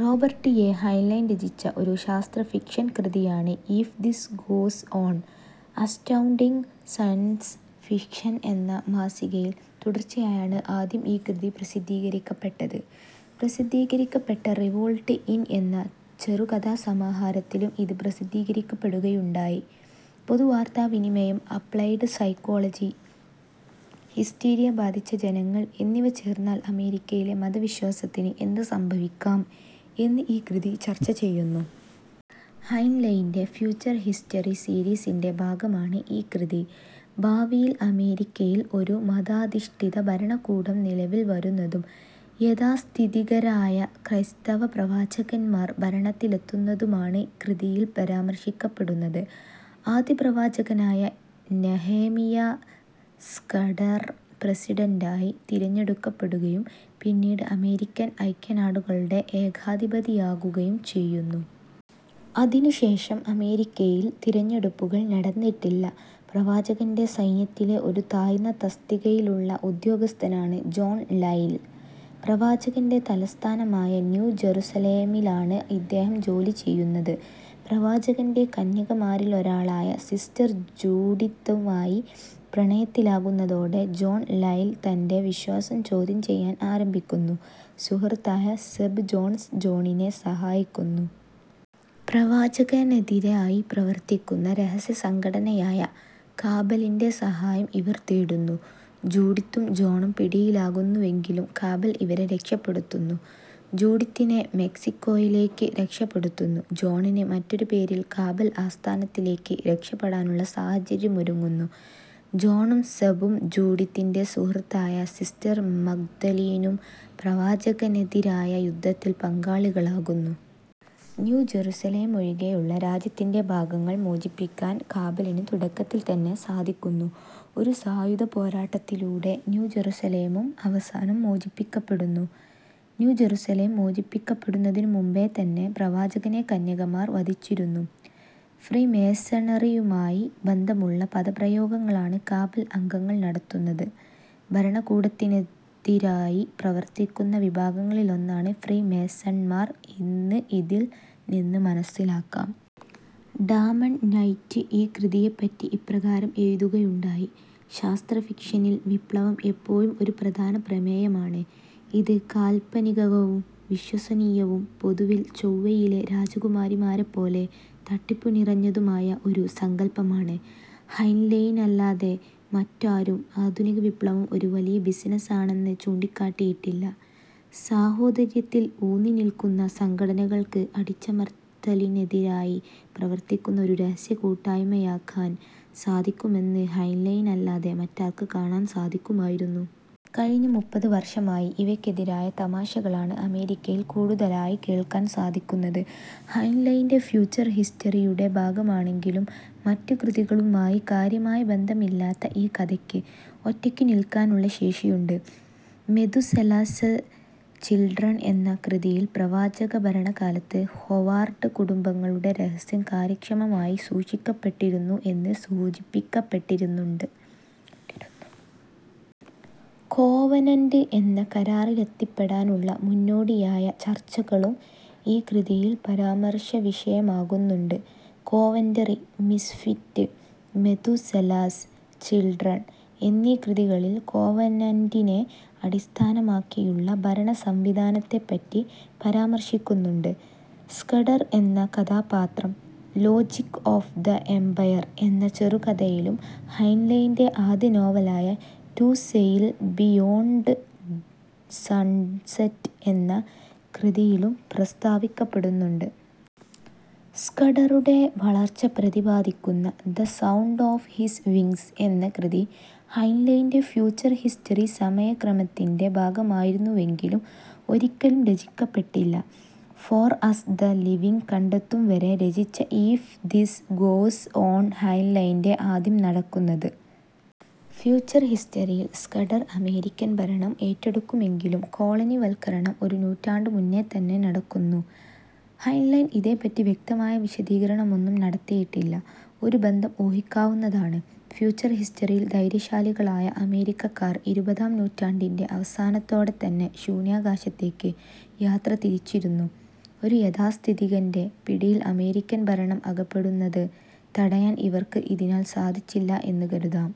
Robert A. Heinlein രചിച്ച ഒരു ശാസ്ത്ര ഫിക്ഷൻ കൃതിയാണ് " if this goes on ". Astounding science Fiction എന്ന മാസികയിൽ തുടർച്ചയായാണ് ആദ്യം ഈ കൃതി പ്രസിദ്ധീകരിക്കപ്പെട്ടത്. പ്രസിദ്ധീകരിക്കപ്പെട്ട റിവോൾട്ട് ഇൻ എന്ന ചെറുകഥാസമാഹാരത്തിലും ഇത് പ്രസിദ്ധീകരിക്കപ്പെടുകയുണ്ടായി. പൊതു വാർത്താവിനിമയം, അപ്ലൈഡ് സൈക്കോളജി, ഹിസ്റ്റീരിയ ബാധിച്ച ജനങ്ങൾ എന്നിവ ചേർന്നാൽ അമേരിക്കയിലെ മത വിശ്വാസത്തിന് എന്ത് സംഭവിക്കാം എന്ന് ഈ കൃതി ചർച്ച ചെയ്യുന്നു. ഹൈൻലൈന്റെ ഫ്യൂച്ചർ ഹിസ്റ്ററി സീരീസിന്റെ ഭാഗമാണ് ഈ കൃതി. ഭാവിയിൽ അമേരിക്കയിൽ ഒരു മതാധിഷ്ടിത ഭരണകൂടം നിലവിൽ വരുന്നതും യാഥാസ്ഥിതികരായ ക്രൈസ്തവ " പ്രവാചകന്മാർ " ഭരണത്തിലെത്തുന്നതുമാണ് കൃതിയിൽ പരാമർശിക്കപ്പെടുന്നത്. ആദ്യ ' പ്രവാചകനായ ' നെഹേമിയ സ്കഡർ പ്രസിഡന്റായി തിരഞ്ഞെടുക്കപ്പെടുകയും പിന്നീട് അമേരിക്കൻ ഐക്യനാടുകളുടെ ഏകാധിപതിയാകുകയും ചെയ്യുന്നു. അതിനു ശേഷം അമേരിക്കയിൽ തിരഞ്ഞെടുപ്പുകൾ നടന്നിട്ടില്ല. പ്രവാചകന്റെ സൈന്യത്തിലെ ഒരു താഴ്ന്ന തസ്തികയിലുള്ള ഉദ്യോഗസ്ഥനാണ് ജോൺ ലൈൽ. പ്രവാചകന്റെ തലസ്ഥാനമായ ന്യൂ ജെറുസലേമിലാണ് ഇദ്ദേഹം ജോലി ചെയ്യുന്നത്. പ്രവാചകന്റെ കന്യകമാരിലൊരാളായ സിസ്റ്റർ ജൂഡിത്തുമായി പ്രണയത്തിലാകുന്നതോടെ ജോൺ ലൈൽ തന്റെ വിശ്വാസം ചോദ്യം ചെയ്യാൻ ആരംഭിക്കുന്നു. സുഹൃത്തായ സെബ് ജോൺസ് ജോണിനെ സഹായിക്കുന്നു. പ്രവാചകനെതിരായി പ്രവർത്തിക്കുന്ന രഹസ്യ സംഘടനയായ " കാബലിന്റെ " സഹായം ഇവർ തേടുന്നു. ജൂഡിത്തും ജോണും പിടിയിലാകുന്നുവെങ്കിലും കാബൽ ഇവരെ രക്ഷപെടുത്തുന്നു. ജൂഡിത്തിനെ മെക്സിക്കോയിലേയ്ക്ക് രക്ഷപെടുത്തുന്നു. ജോണിന് മറ്റൊരു പേരിൽ കാബൽ ആസ്ഥാനത്തിലേയ്ക്ക് രക്ഷപെടാനുള്ള സാഹചര്യമൊരുങ്ങുന്നു. ജോണും സെബും ജൂഡിത്തിന്റെ സുഹൃത്തായ സിസ്റ്റർ മഗ്ദലീനും പ്രവാചകനെതിരായ യുദ്ധത്തിൽ പങ്കാളികളാകുന്നു. ന്യൂ ജറുസലേമൊഴികെയുള്ള രാജ്യത്തിന്റെ ഭാഗങ്ങൾ മോചിപ്പിക്കാൻ കാബലിന് തുടക്കത്തിൽ തന്നെ സാധിക്കുന്നു. ഒരു സായുധ പോരാട്ടത്തിലൂടെ ന്യൂ ജറുസലേമും അവസാനം മോചിപ്പിക്കപ്പെടുന്നു. ന്യൂ ജറുസലേം മോചിപ്പിക്കപ്പെടുന്നതിനു മുൻപേ തന്നെ പ്രവാചകനെ കന്യകമാർ വധിച്ചിരുന്നു. ഫ്രീമേസണറിയുമായി ബന്ധമുള്ള പദപ്രയോഗങ്ങളാണ് കാബൽ അംഗങ്ങൾ നടത്തുന്നത്. ഭരണകൂടത്തിനെതിരായി പ്രവർത്തിക്കുന്ന വിഭാഗങ്ങളിലൊന്നാണ് ഫ്രീമേസണ്മാർ എന്ന് ഇതിൽ നിന്ന് മനസ്സിലാക്കാം. ഡാമൺ നൈറ്റ് ഈ കൃതിയെപ്പറ്റി ഇപ്രകാരം എഴുതുകയുണ്ടായി: ശാസ്ത്രഫിക്ഷനിൽ വിപ്ലവം എപ്പോഴും ഒരു പ്രധാന പ്രമേയമാണ്. ഇത് കാല്പനികകവും വിശ്വസനീയവും പൊതുവിൽ ചൊവ്വയിലെ രാജകുമാരിമാരെപ്പോലെ തട്ടിപ്പുനിറഞ്ഞതുമായ ഒരു സങ്കൽപ്പമാണ്. ഹൈൻലൈനല്ലാതെ മറ്റാരും ആധുനിക വിപ്ലവം ഒരു വലിയ ബിസിനസാണെന്ന് ചൂണ്ടിക്കാട്ടിയിട്ടില്ല. സാഹോദര്യത്തിൽ ഊന്നിനിൽക്കുന്ന സംഘടനകൾക്ക് അടിച്ചമർത്തലിനെതിരായി പ്രവർത്തിക്കുന്ന ഒരു രഹസ്യ കൂട്ടായ്മയാകാൻ സാധിക്കുമെന്ന് ഹൈൻലൈനല്ലാതെ മറ്റാർക്ക് കാണാൻ സാധിക്കുമായിരുന്നു? കഴിഞ്ഞ മുപ്പത് വർഷമായി ഇവയ്ക്കെതിരായ തമാശകളാണ് അമേരിക്കയിൽ കൂടുതലായി കേൾക്കാൻ സാധിക്കുന്നത്. ഹൈൻലൈന്റെ ഫ്യൂച്ചർ ഹിസ്റ്ററിയുറ്റെ ഭാഗമാണെങ്കിലും മറ്റ് കൃതികളുമായി കാര്യമായ ബന്ധമില്ലാത്ത ഈ കഥയ്ക്ക് ഒറ്റയ്ക്കുനിൽക്കാനുള്ള ശേഷിയുണ്ട്. മെതുസലാസ് ചിൽഡ്രൺ എന്ന കൃതിയിൽ പ്രവാചകഭരണകാലത്ത് ഹൊവാർഡ് കുടുംബങ്ങളുടെ രഹസ്യം കാര്യക്ഷമമായി സൂക്ഷിക്കപ്പെട്ടിരുന്നു എന്ന് സൂചിപ്പിക്കപ്പെട്ടിരുന്നുണ്ട്. കോവനന്റ് എന്ന കരാറിലെത്തിപ്പെടാനുള്ള മുന്നോടിയായ ചർച്ചകളും ഈ കൃതിയിൽ പരാമർശവിഷയമാകുന്നുണ്ട്. " കോവന്ററി "," മിസ്ഫിറ്റ് ", മെതുസലാസ് ചിൽഡ്രൺ എന്നീ കൃതികളിൽ കോവനന്റിനെ അടിസ്ഥാനമാക്കിയുള്ള ഭരണസംവിധാനത്തെപ്പറ്റി പരാമർശിക്കുന്നുണ്ട്. സ്കഡർ എന്ന കഥാപാത്രം " ലോജിക് ഓഫ് ദ എമ്പയർ " എന്ന ചെറുകഥയിലും ഹൈൻലൈന്റെ ആദ്യ നോവലായ റ്റു സെയിൽ ബിയോൺഡ് സൺസെറ്റ് എന്ന കൃതിയിലും പ്രസ്താവിക്കപ്പെടുന്നുണ്ട്. സ്കഡറുടെ വളർച്ച പ്രതിപാദിക്കുന്ന " the sound of his wings " എന്ന കൃതി ഹൈൻലൈന്റെ ഫ്യൂച്ചർ ഹിസ്റ്ററി സമയക്രമത്തിന്റെ ഭാഗമായിരുന്നുവെങ്കിലും ഒരിക്കലും രചിക്കപ്പെട്ടില്ല. ഫോർ അസ്, ദ ലിവിംഗ് കണ്ടെത്തും വരെ രചിച്ച ഈഫ് ദിസ് ഗോസ് ഓൺ ഹൈൻലൈന്റെ ആദ്യം നടക്കുന്നത്. ഫ്യൂച്ചർ ഹിസ്റ്ററിയിൽ സ്കഡർ അമേരിക്കൻ ഭരണം ഏറ്റെടുക്കുമെങ്കിലും കോളനിവൽക്കരണം ഒരു നൂറ്റാണ്ടു മുന്നേതന്നെ നടക്കുന്നു. ഹൈൻലൈൻ ഇതേപ്പറ്റി വ്യക്തമായ വിശദീകരണമൊന്നും നടത്തിയിട്ടില്ല. ഒരു ബന്ധം ഊഹിക്കാവുന്നതാണ്: ഫ്യൂച്ചർ ഹിസ്റ്ററിയിൽ ധൈര്യശാലികളായ അമേരിക്കക്കാർ ഇരുപതാം നൂറ്റാണ്ടിന്റെ അവസാനത്തോടെതന്നെ ശൂന്യാകാശത്തേയ്ക്ക് യാത്ര തിരിച്ചിരുന്നു. ഒരു യാഥാസ്ഥിതികന്റെ പിടിയിൽ അമേരിക്കൻ ഭരണം അകപ്പെടുന്നത് തടയാൻ ഇവർക്ക് ഇതിനാൽ സാധിച്ചില്ല എന്ന് കരുതാം. ".